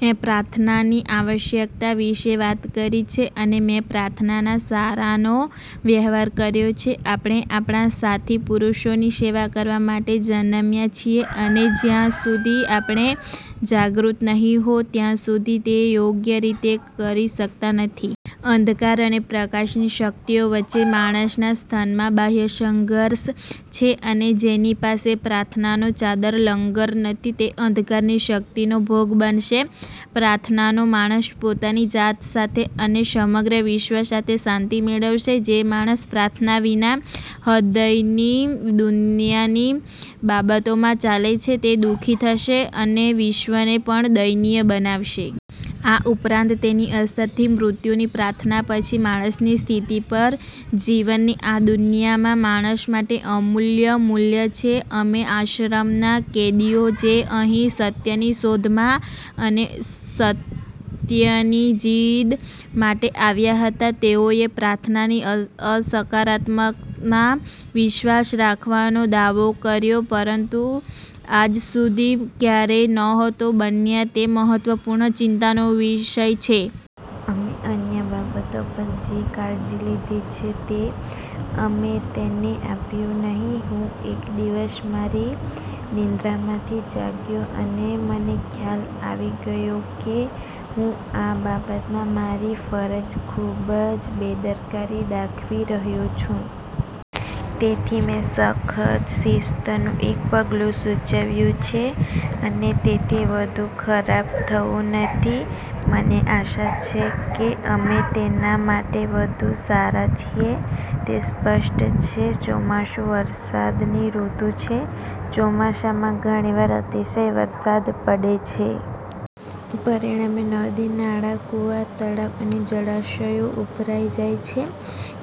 મેં પ્રાર્થનાની આવશ્યકતા વિશે વાત કરી છે, અને મેં પ્રાર્થનાના સારનો વ્યવહાર કર્યો છે. આપણે આપણા સાથી પુરુષોની સેવા કરવા માટે જન્મ્યા છીએ, અને જ્યાં સુધી આપણે જાગૃત નહીં હો ત્યાં સુધી તે યોગ્ય રીતે કરી શકતા નથી. અંધકાર અને પ્રકાશની શક્તિઓ વચ્ચે માણસના સ્તનમાં બાહ્ય સંઘર્ષ છે, અને જેની પાસે પ્રાર્થનાનો ચાદર લંગર નથી, તે અંધકારની શક્તિનો ભોગ બનશે. પ્રાર્થનાનો માણસ પોતાની જાત સાથે અને સમગ્ર વિશ્વ સાથે શાંતિ મેળવશે: જે માણસ પ્રાર્થના વિના હૃદયની દુનિયાની બાબતોમાં ચાલે છે તે દુ:ખી થશે અને વિશ્વને પણ દયનીય બનાવશે. આ ઉપરાંત, તેની અસરથી, મૃત્યુની પ્રાર્થના પછી માણસની સ્થિતિ પર, જીવનની આ દુનિયામાં માણસ માટે અમૂલ્ય મૂલ્ય છે. અમે, આશ્રમના કેદીઓ, જે અહીં સત્યની શોધમાં અને સત્યની જીદ માટે આવ્યા હતા, તેઓએ પ્રાર્થનાની અસરકારકતામાં વિશ્વાસ રાખવાનો દાવો કર્યો, પરંતુ આજ સુધી ક્યારેય નહોતા બન્યા, તે મહત્વપૂર્ણ ચિંતાનો વિષય છે. અમે અન્ય બાબતો પર જે કાળજી લીધી છે તે અમે તેને આપ્યું નહીં. હું એક દિવસ મારી નિંદ્રામાંથી જાગ્યો અને મને ખ્યાલ આવી ગયો કે હું આ બાબતમાં મારી ફરજ પર ખૂબ જ બેદરકારી દાખવી રહ્યો છું. તેથી, મેં સખત શિસ્તનું એક પગલું સૂચવ્યું છે, અને તેથી વધુ ખરાબ થવું નથી, મને આશા છે કે અમે તેના માટે વધુ સારા છીએ, તે સ્પષ્ટ છે. ચોમાસુ વરસાદ ની ઋતુ છે. ચોમાસામાં ઘણીવાર અતિશય વરસાદ પડે છે. પરિણામે નદી-નાળાં, કૂવા, તળાવ અને જળાશયો ઉભરાઇ જાય છે.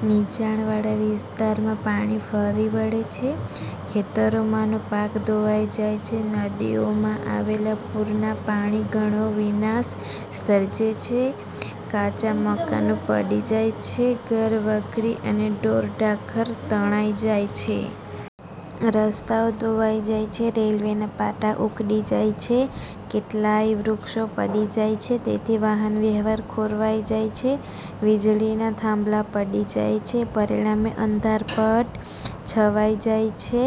નીચાણવાળા વિસ્તારમાં પાણી ફરી વળે છે. ખેતરમાંનો પાક ધોવાઈ જાય છે. નદીઓમાં આવેલા પૂરના પાણી ઘણો વિનાશ સર્જે છે. કાચા મકાનો પડી જાય છે. ઘરવખરી અને ઢોરઢાંખર તણાઈ જાય છે. રસ્તાઓ ધોવાઇ જાય છે. રેલવેના પાટા ઉખડી જાય છે. કેટલાય વૃક્ષો પડી જાય છે. તેથી વાહન વ્યવહાર ખોરવાઇ જાય છે. વીજળીના થાંભલા પડી જાય છે. પરિણામે અંધારપટ છવાઈ જાય છે.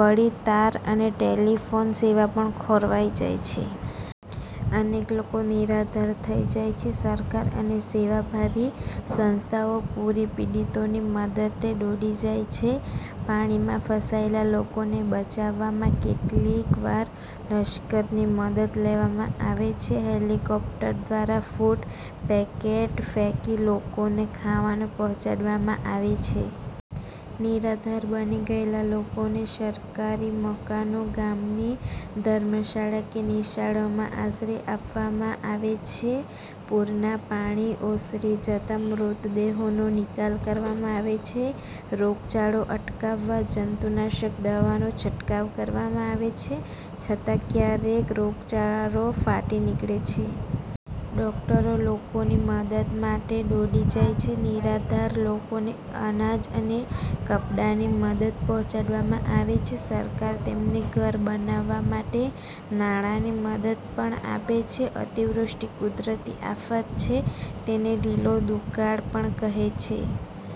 વળી તાર અને ટેલિફોન સેવા પણ ખોરવાઈ જાય છે. અનેક લોકો નિરાધાર થઇ જાય છે. સરકાર અને સેવાભાવી સંસ્થાઓ પૂરપીડિતોની મદદે દોડી જાય છે. પાણીમાં ફસાયેલા લોકોને બચાવવામાં કેટલીક વાર લશ્કરની મદદ લેવામાં આવે છે. હેલિકોપ્ટર દ્વારા ફુડ પેકેટ ફેકી લોકોને ખાવાનું પહોંચાડવામાં આવે છે. નિરાધાર બની ગયેલા લોકોને સરકારી મકાનો, ગામની ધર્મશાળા કે નિશાળોમાં આશરે આપવામાં આવે છે. પૂરના પાણી ઓસરી જતા મૃતદેહોનો નિકાલ કરવામાં આવે છે. રોગચાળો અટકાવવા જંતુનાશક દવાનો છંટકાવ કરવામાં આવે છે. છતાં ક્યારેક રોગચાળો ફાટી નીકળે છે. ડોક્ટરો લોકોની મદદ માટે દોડી જાય છે. નિરાધાર લોકોને અનાજ અને કપડાની મદદ પહોંચાડવામાં આવે છે. સરકાર તેમને ઘર બનાવવા માટે નાણાંની મદદ પણ આપે છે. અતિવૃષ્ટિ કુદરતી આફત છે તેને 'લીલો દુકાળ' પણ કહે છે.